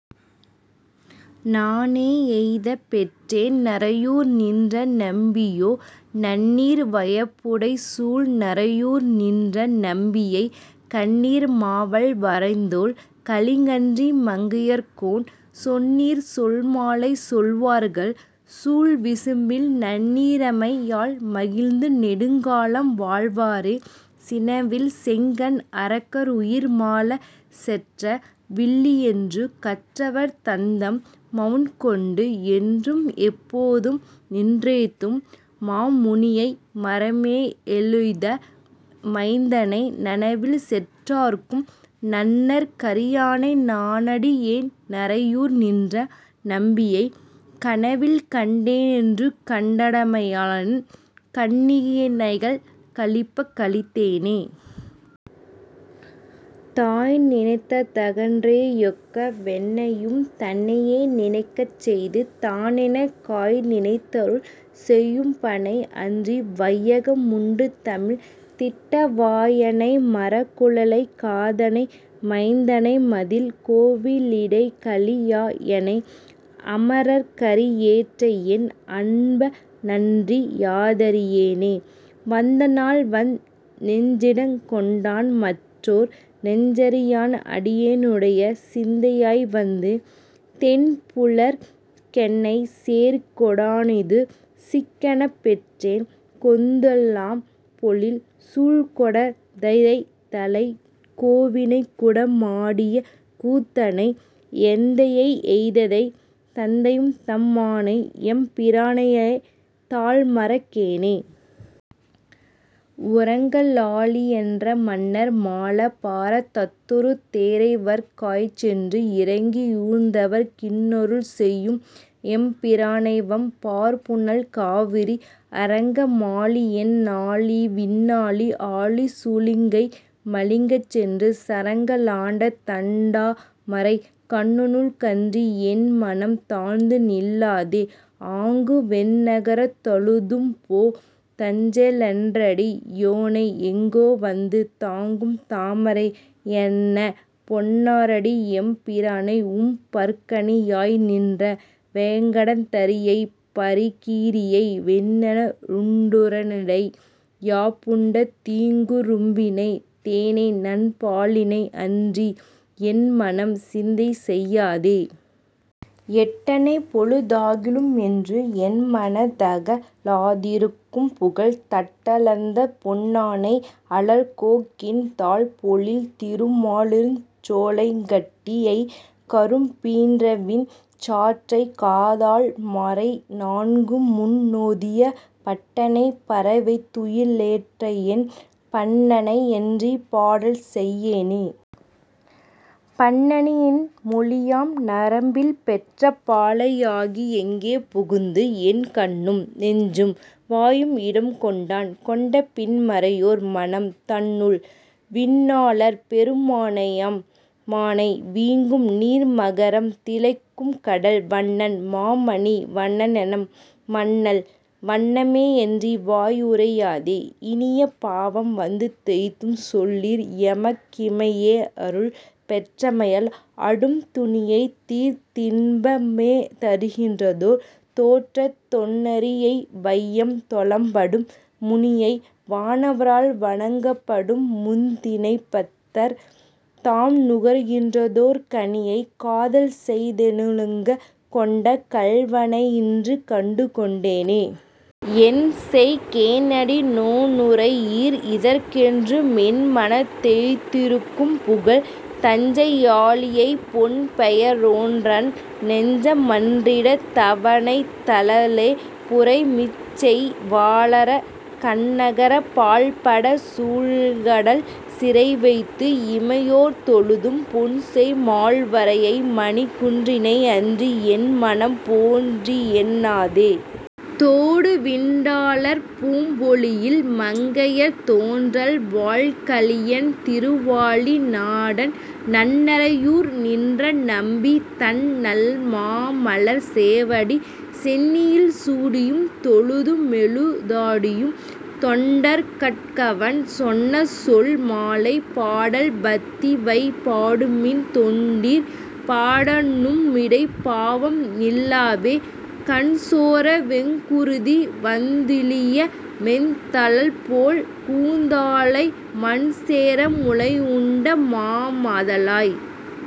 நானே யெய்தப்பெற்றேன் நறையூர்நின்ற நம்பீயோ. நன்னீர் வயல்புடைசூழ் நறையூர்நின்ற நம்பியை கன்னீர மால்வரைத்தோள் கலிகன்றி மங்கையர்கோன், சொன்னீர சொல்மாலை சொல்வார்கள், சூழ்விசும்பில் நன்னீர்மை யால்மகிழ்ந்து நெடுந்காலம் வாழ்வாரே சினவில் செங்கண் அரக்க ருயிர்மாளச் செற்ற வில்லியென்று கற்றவர் தந்தம் மனவுட் கொண்டு, என்று மெப்போதும் நின்றேத்தும் மாமுனி யைமர மேழெய்த மைந்தனை, நனவில் சென்றார்க்கும் நண்ணற் கரியானை நானடி யேன்நறை யூர்நின்ற நம்பியை, கனவில் கண்டே னின்றுகண் டமையாலென் கண்ணி ணைகள் களிப்பக் களித்தேனே.. தாய்நி னைந்தகன் றேயொக்க வென்னையும் தன்னை யேநினைக் கச்செய்து, தானெனக் காய்நி னைந்தருள் செய்யு மப்பனை அன்றிவ் வையக முண்டுமிழ்ந் திட்ட வாய னை, மக ரக்குழைக் காதனை மைந்த னைமதிள் கோவ லிடைகழி யாயனை, அம ரர்க்கரி யேற்றையென் அன்ப னையன்றி யாதரி யேனே. வந்த நாள்வந்தென் நெஞ்சிடங் கொண்டான் மற்றோர் நெஞ்சறி யான், அடி யேனுடைச் சிந்தை யாய்வந்து தென்புலர்க் கென்னைச் சேர்கொ டானிது சிக்கெனப் பெற்றேன், கொந்து லாம்பொழில் சூழ்குடந் தைத்தலைக் கோவி னைக்குட மாடிய கூத்தனை, எந்தை யையெந்தை தந்தைதம் மானை எம்பி ரானையெத் தால்மறக் கேனே?. உரங்க ளாலியன் றமன்னர் மாளப் பார தத்தொரு தேரைவர்க் காய்ச்சென்று, இரங்கி யூர்ந்தவர்க் கின்னருள் செய்யும் எம்பி ரானைவம் பார்புனல் காவிரி, அரங்க மாளியென் னாளிவிண் ணாளி ஆழி சூழிலங் கைமலங் கச்சென்று, சரங்க ளாண்டதண் டாமரைக் கண்ணனுக் கன்றி யென்மனம் தாழ்ந்துநில் லாதே. ஆங்கு வெந்நர கத்தழுந் தும்போ தஞ்சே லென்றடி யேனையங் கேவந்து தாங்கு, தாமரை யன்னபொன் னாரடி எம்பி ரானை உம் பர்க்கணி யாய்நின்ற, வேங்கடத்தரி யைப்பரி கீறியை வெண்ணெ யுண்டுர லினிடை யாப்புண்ட தீங்க ரும்பினை, தேனைநன் பாலினை அன்றி யென்மனம் சிந்தைசெய் யாதே. எட்ட னைப்பொழு தாகிலு மென்றும் என்ம னத்தக லாதிருக் கும்புகழ், தட்ட லர்த்தபொன் னை அலர் கோங்கின் தாழ்பொ ழில்திரு மாலிருஞ் சோலையங் கட்டி யை, கரும் பீன்றவின் சாற்றைக் காத லால்மறை நான்குமுன் னோதிய பட்ட னை, பர வைத்துயி லேற்றையென் பண்ப னையன்றிப் பாடல்செய் யேனே. பண்ணி னின்மொழி யாம்நரம் பில்பெற்ற பாலை யாகி யிங்கே புகுந்து, என் கண்ணும் நெஞ்சும் வாயுமி டங்கொண்டான் கொண்ட பின்மறை யோர்மனம் தன்னுள், விண்ணு ளார்பெரு மானையெம் மானை வீங்கு நீர்மக ரம்திளைக் கும்கடல் வண்ணன் மாமணி வண்ணனெம் மண்ணல் வண்ண மேயன்றி வாயுரை யாதே. இனியெப் பாவம்வந் தெய்தும்சொல் லீர் எமக் கிம்மை யேயருள் பெற்றமை யால், அடும் துனியைத் தீர்த்தின்ப மேதரு கின்றதோர் தோற்றத் தொன்னெறி யை, வையம் தொழப்படும் முனியை வானவ ரால்வணங் கப்படும் முத்தி னைப்பத்தர் தாம்நுகர் கின்றதோர் கனியை, காதல்செய் தென்னுள்ளங் கொண்ட கள்வ னையின்று கண்டுகொண் டேனே. என்செய் கேனடி னேனுரை யீர் இதற் கென்று மென்மனத் தேயிருக் கும்புகழ், தஞ்சை யாளியைப் பொன்பெய ரோன்றன் நெஞ்ச மன்றிடந் தவனைத்தழ லேபுரை மிஞ்செய் வாளரக் கன்நகர் பாழ்படச் சூழ்க டல்சிறை வைத்து இமை யோர்தொழும், பொன்செய் மால்வரை யைமணிக் குன்றினை அன்றி யென்மனம் போற்றியென் னாதே. தோடு விண்டலர் பூம்பொழில் மங்கையர் தோன்றல் வாள்கலி யன்திரு வாலி நாடன், நன்னறை யூர்நின்ற நம்பிதன் நல்ல மாமலர் சேவடி, சென்னியில் சூடி யும்தொழு துமெழுந் தாடியும் தொண்டர் கட்கவன் சொன்னசொல் மாலை, பாடல் பத்திவை பாடுமின் தொண்டீர். பாட நும்மிடைப் பாவம்நில் லாவே. கண்சோர வெங்குருதி வந்திழிய வெந்தழல்போல் கூந்த லாளை, மண்சேர முலையுண்ட மாமதலாய்.